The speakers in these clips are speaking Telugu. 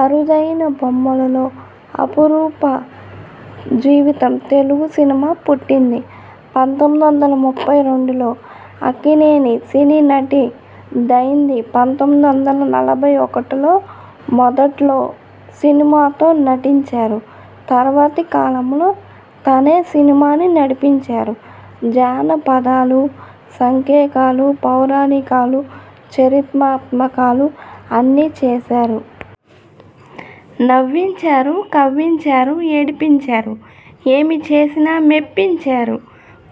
అరుదైన బొమ్మల్లో అపురూప జీవితం తెలుగు సినిమా పుట్టింది పంతొమ్మిది వందల ముప్పై రెండులో! అక్కినేని సినీ నటు డైంది పంతొమ్మిది వందల నలభై ఒకటిలో! మొదట్లో సినిమాతో నడిచారు! తర్వాతి కాలంలో తానే సినిమాను నడిపించారు! జాన పదాలు సాంఘికాలు పౌరాణికాలు చరిత్రాత్మకాలు అన్నీ చేశారు! నవ్వించారు కవ్వించారు ఏడ్పించారు ఏమి చేసినా మెప్పించారు!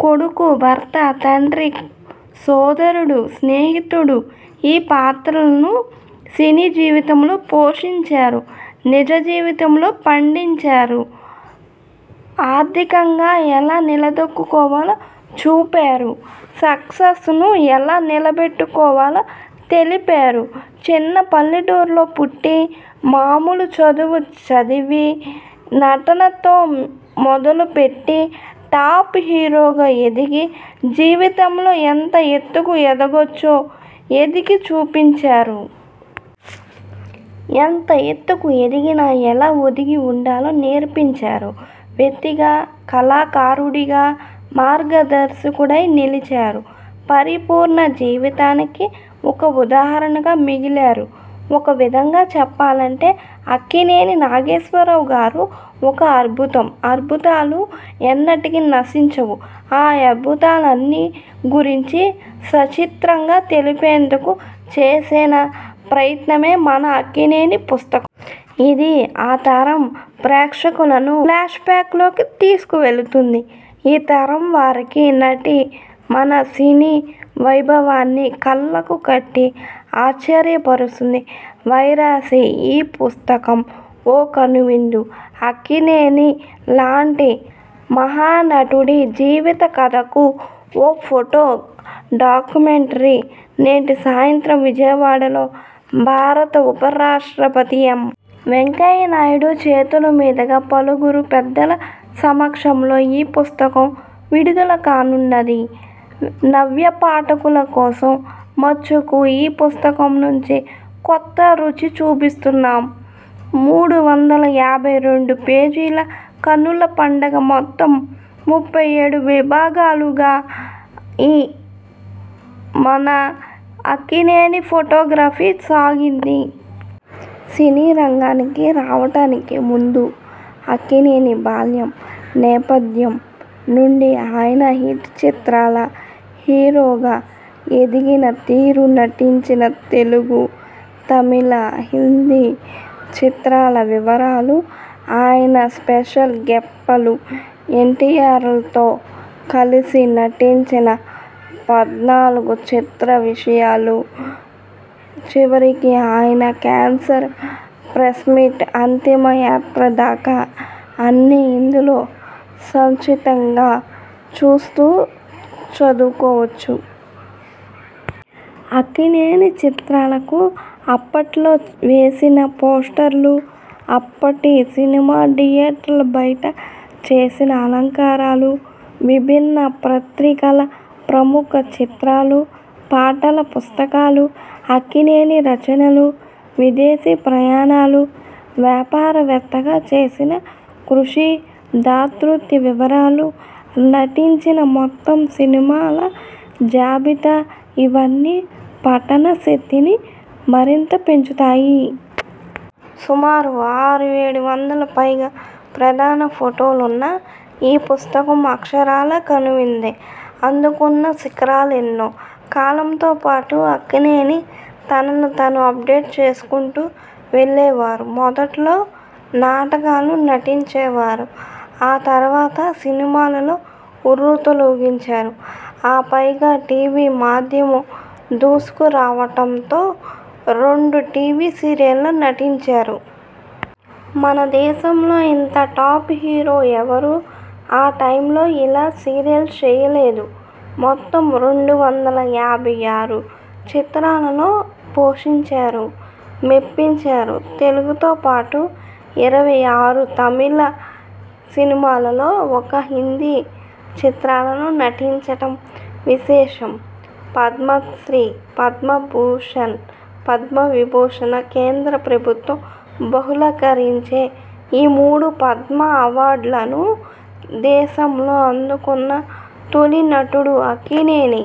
కొడుకు ,భర్త, తండ్రి ,సోదరుడు, స్నేహితుడు ఈ పాత్రలను సినీ జీవితంలో పోషించారు నిజ జీవితంలో పండించారు! ఆర్థికంగా ఎలా నిలదొక్కుకోవాలో చూపారు! సక్సెస్ను ఎలా నిల బెట్టుకోవాలో తెలిపారు! చిన్న పల్లెటూరులో పుట్టి మామూలు చదువు చదివి నాటకాలతో మొదలు పెట్టి టాప్ హీరోగా వెలిగి జీవితంలో ఎంత ఎత్తుకు ఎదగొచ్చో ఎదిగి చూపించారు! ఎంత ఎత్తుకు ఎదిగినా ఎలా ఒది గుండాలో నేర్పించారు! వ్యక్తిగా కళాకారుడిగా మార్గదర్శకుడై నిలిచారు! పరిపూర్ణ జీవితానికి ఓ ఉదాహరణగా మిగిలారు! ఒక విధంగా చెప్పాలంటే అక్కినేని నాగేశ్వరరావు ఓ అద్భుతం! అద్భుతాలు ఎన్నటికీ నశించవు! ఆ అద్భుతాన్ని గురించి సచిత్రంగా తెలిపేందుకు చేసిన ప్రయత్నమే మన అక్కినేని పుస్తకం! ఇది ఆ తరం ప్రేక్షకులను ఫ్లాష్ బ్యాక్ లోకి తీసుకుకెళుతుంది. ఈ తరం వారికి నాటి మన సినీ వైభవాన్ని కళ్ళకు కట్టి, ఆశ్చర్యపరుస్తుంది. వెరసి ఈ పుస్తకం ఓ కనువిందు అక్కినేని లాంటి మహానటుడి జీవిత కథకు ఓ ఫోటో డాక్యుమెంటరీ. నేటి సాయంత్రం విజయవాడలో భారత ఉపరాష్ట్రపతి ఎం. వెంకయ్యనాయుడు చేతుల మీదుగా పలువురు పెద్దల సమక్షంలో ఈ పుస్తకం విడుదల కానుంది. నవ్య పాఠకుల కోసం మచ్చుకు ఈ పుస్తకంలో నుంచి కొంత రుచి చూపిస్తున్నాం. మూడు వందల యాభై రెండు పేజీల కన్నుల పండుగ మొత్తం ముప్పై ఏడు విభాగాలుగా ఈ మన అక్కినేని ఫోటో బయోగ్రఫీ సాగింది. సినీ రంగానికి రావడానికి ముందు అక్కినేని బాల్యం, నేపథ్యం నుంచి ఆయన హిట్ చిత్రాల హీరోగా ఎదిగిన తీరు, నటించిన తెలుగు, తమిళ, హిందీ చిత్రాల వివరాలు, ఆయన స్పెషల్ గెట్పలు, ఎన్టీయార్తో కలసి నటించిన పద్నాలుగు చిత్రాల విశేషాలు, చివరికి ఆయన క్యాన్సర్ ప్రెస్ మీట్, అంతిమ యాత్ర దాకా అన్నీ ఇందులో సంచితంగా చూస్తూ, చదువుకోవచ్చు. అక్కినేని చిత్రాలకు అప్పట్లో వేసిన పోస్టర్లు, అప్పటి సినిమా థియేటర్ల బయట చేసిన అలంకరణలు, వివిధ పత్రికల ముఖ చిత్రాలు, పాటల పుస్తకాలు, అక్కినేని రచనలు, విదేశీ ప్రయాణాలు, వ్యాపార వేత్తగా చేసిన కృషి, దాతృత్వ వివరాలు, నటించిన మొత్తం సినిమాల జాబితా ఇవన్నీ పఠనాసక్తిని మరింత పెంచుతాయి. సుమారు ఆరేడొందల పైగా ప్రధాన ఫోటోలున్న ఈ పుస్తకం అక్షరాలా కనువిందే! అందుకున్న శిఖరాలెన్నో! కాలంతో పాటు అక్కినేని తనను తాను అప్ డేట్ చేసుకుంటూ వెళ్ళేవారు. మొదట్లో నాటకాలు నటించారు. ఆ తర్వాత సినిమాల్లో ఉర్రూతలూగించారు. ఆ పైన టీవీ మాధ్యమం దూసుకురావడంతో రెండు టీవీ సీరియల్స్లో నటించారు. మన దేశంలో ఇంత టాప్ హీరో ఎవరూ ఆ టైమ్లో ఇలా సీరియల్స్ చేయలేదు. మొత్తం రెండు వందల యాభై ఆరు చిత్రాల్లో పోషించి, మెప్పించారు. తెలుగుతో పాటు ఇరవై ఆరు తమిళ సినిమాల్లో, ఒక హిందీ చిత్రం లో నటించడం విశేషం. పద్మశ్రీ, పద్మభూషణ్, పద్మ విభూషణ కేంద్ర ప్రభుత్వం బహూకరించే ఈ మూడు 'పద్మ' అవార్డులనూ దేశంలో అందుకున్న తొలి నటుడు అక్కినేని.